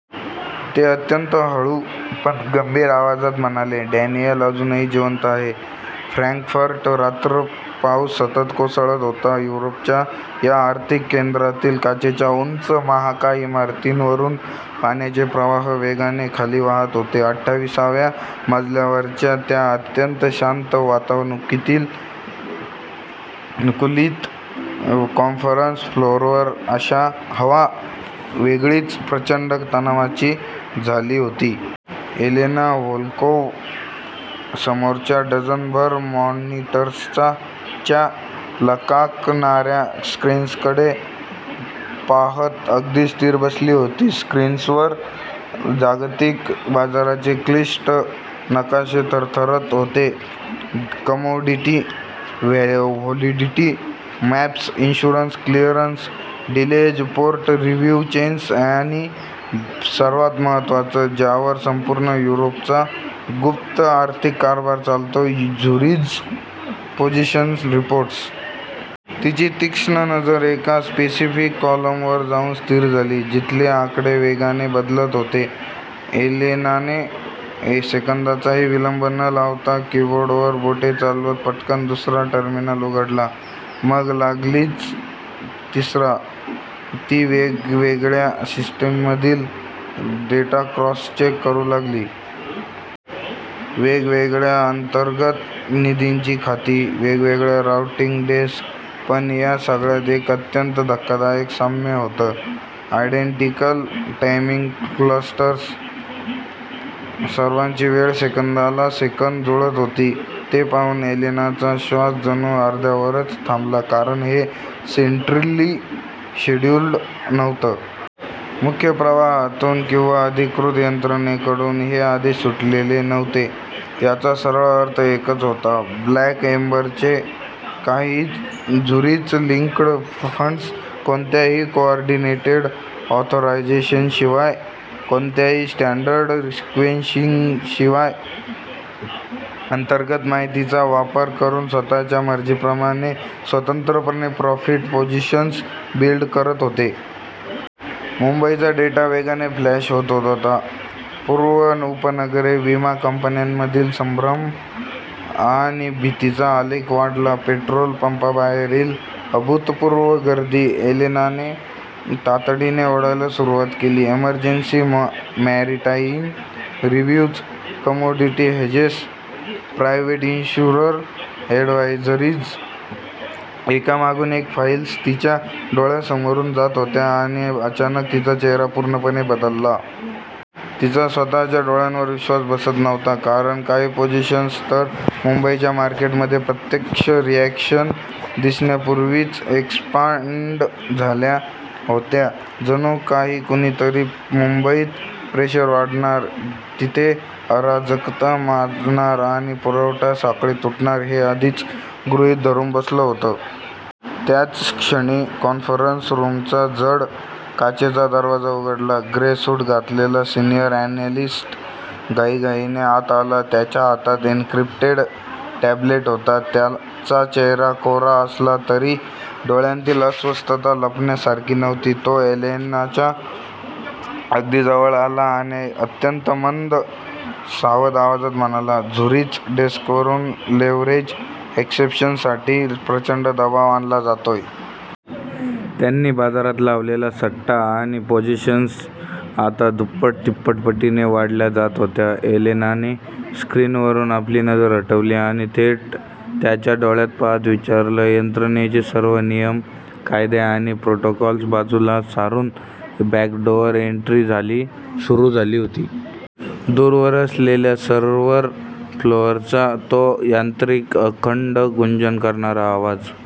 ते अत्यंत हळू, पण गंभीर आवाजात म्हणाले, "डॅनियल अजूनही जिवंत आहे. " फ्रँकफर्ट रात्र पाऊस सतत कोसळत होता. युरोपच्या या आर्थिक केंद्रातील काचेच्या उंच, महाकाय इमारतींवरून पाण्याचे प्रवाह वेगाने खाली वाहत होते. अठ्ठावीसाव्या मजल्यावरच्या त्या अत्यंत शांत, वातानुकूलित कॉन्फरन्स फ्लोअरवर हवा वेगळीच प्रचंड तणावाची झाली होती. एलेना व्होल्कोव्ह समोरच्या डझनभर मॉनिटर्सच्या लकाकणाऱ्या स्क्रीन्सकडे पाहत अगदी स्थिर बसली होती. स्क्रीन्सवर जागतिक बाजाराचे क्लिष्ट नकाशे थरथरत होते; commodity volatility maps, insurance clearance delays, port review chains आणि सर्वात महत्त्वाचं, ज्यावर संपूर्ण युरोपचा गुप्त आर्थिक कारभार चालतो झुरिच पोझिशन रिपोर्ट्स. तिची तीक्ष्ण नजर एका स्पेसिफिक कॉलमवर जाऊन स्थिर झाली, जिथले आकडे वेगाने बदलत होते. एलेनाने सेकंदाचाही विलंब न लावता कीबोर्डवर बोटे चालवत पटकन दुसरा टर्मिनल उघडला. मग लागलीच तिसरा. ती वेगवेगळ्या सिस्टीममधील डेटा क्रॉस-चेक करू लागली. वेगवेगळ्या अंतर्गत निधींची खाती, वेगवेगळे राउटिंग डेस्क, पण या सगळ्यात एक अत्यंत धक्कादायक साम्य होतं. Identical timing clusters. सर्वांची वेळ सेकंदाला सेकंद जुळत होती. ते पाहून एलेनाचा श्वास जणू अर्ध्यावरच थांबला. कारण हे सेंट्रली शेड्युल्ड नव्हतं. मुख्य प्रवाहातून किंवा अधिकृत यंत्रणेकडून हे आदेश सुटलेले नव्हते. याचा सरळ अर्थ एकच होता. ब्लॅक एम्बरचे काही झुरिच-लिंक्ड फंड्स कोणत्याही कोऑर्डिनेटेड ऑथरायझेशनशिवाय, कोणत्याही स्टँडर्ड सिक्वेन्सिंगशिवाय, अंतर्गत माहितीचा वापर करून स्वतःच्या मर्जीप्रमाणे स्वतंत्रपणे प्रॉफिट पोझिशन्स बिल्ड करत होते. मुंबईचा डेटा वेगाने फ्लॅश होत होता. पूर्व उपनगरे, विमा कंपन्यांमधील संभ्रम आणि भीतीचा आलेख वाढला, पेट्रोल पंपाबाहेरील अभूतपूर्व गर्दी. एलेनाने तातडीने ओढायला सुरुवात केली. Emergency maritime reviews, commodity hedges, private insurer advisories. एकामागून एक फाईल्स तिच्या डोळ्यांसमोरून जात होत्या आणि अचानक तिचा चेहरा पूर्णपणे बदलला. तिचा स्वतःच्या डोळ्यांवर विश्वास बसत नव्हता. कारण, काही पोझिशन्स तर मुंबईच्या मार्केटमध्ये प्रत्यक्ष रिॲक्शन दिसण्यापूर्वीच एक्स्पँड झाल्या होत्या. जणू काही कुणीतरी मुंबईत प्रेशर वाढणार, तिथे अराजकता माजणार आणि पुरवठा साखळी तुटणार हे आधीच गृहीत धरून बसलं होतं. त्याच क्षणी कॉन्फरन्स रूमचा जड, काचेचा दरवाजा उघडला. ग्रे सूट घातलेला सिनियर अनॅलिस्ट घाईघाईने आत आला. त्याच्या हातात एन्क्रिप्टेड टॅब्लेट होता. त्याचा चेहरा कोरा असला तरी, डोळ्यांतील अस्वस्थता लपण्यासारखी नव्हती. तो एलेनाच्या अगदी जवळ आला आणि अत्यंत मंद, सावध आवाजात म्हणाला, "झुरिच डेस्कवरून लेव्हरेज एक्स्पॅन्शनसाठी प्रचंड दबाव आणला जातोय. त्यांनी बाजारात लावलेला सट्टा आणि पोझिशन्स आता दुप्पट-तिप्पट पटीने वाढवल्या जात होत्या. एलेनाने स्क्रीनवरून आपली नजर हटवली आणि थेट त्याच्या डोळ्यांत पाहत विचारलं, यंत्रणेचे सर्व नियम, कायदे आणि प्रोटोकॉल्स बाजूला सारून बॅकडोअर एंट्री सुरू झाली होती. दूरवर असलेल्या सर्व्हर फ्लोअरचा तो यांत्रिक, अखंड गुंजन करणारा आवाज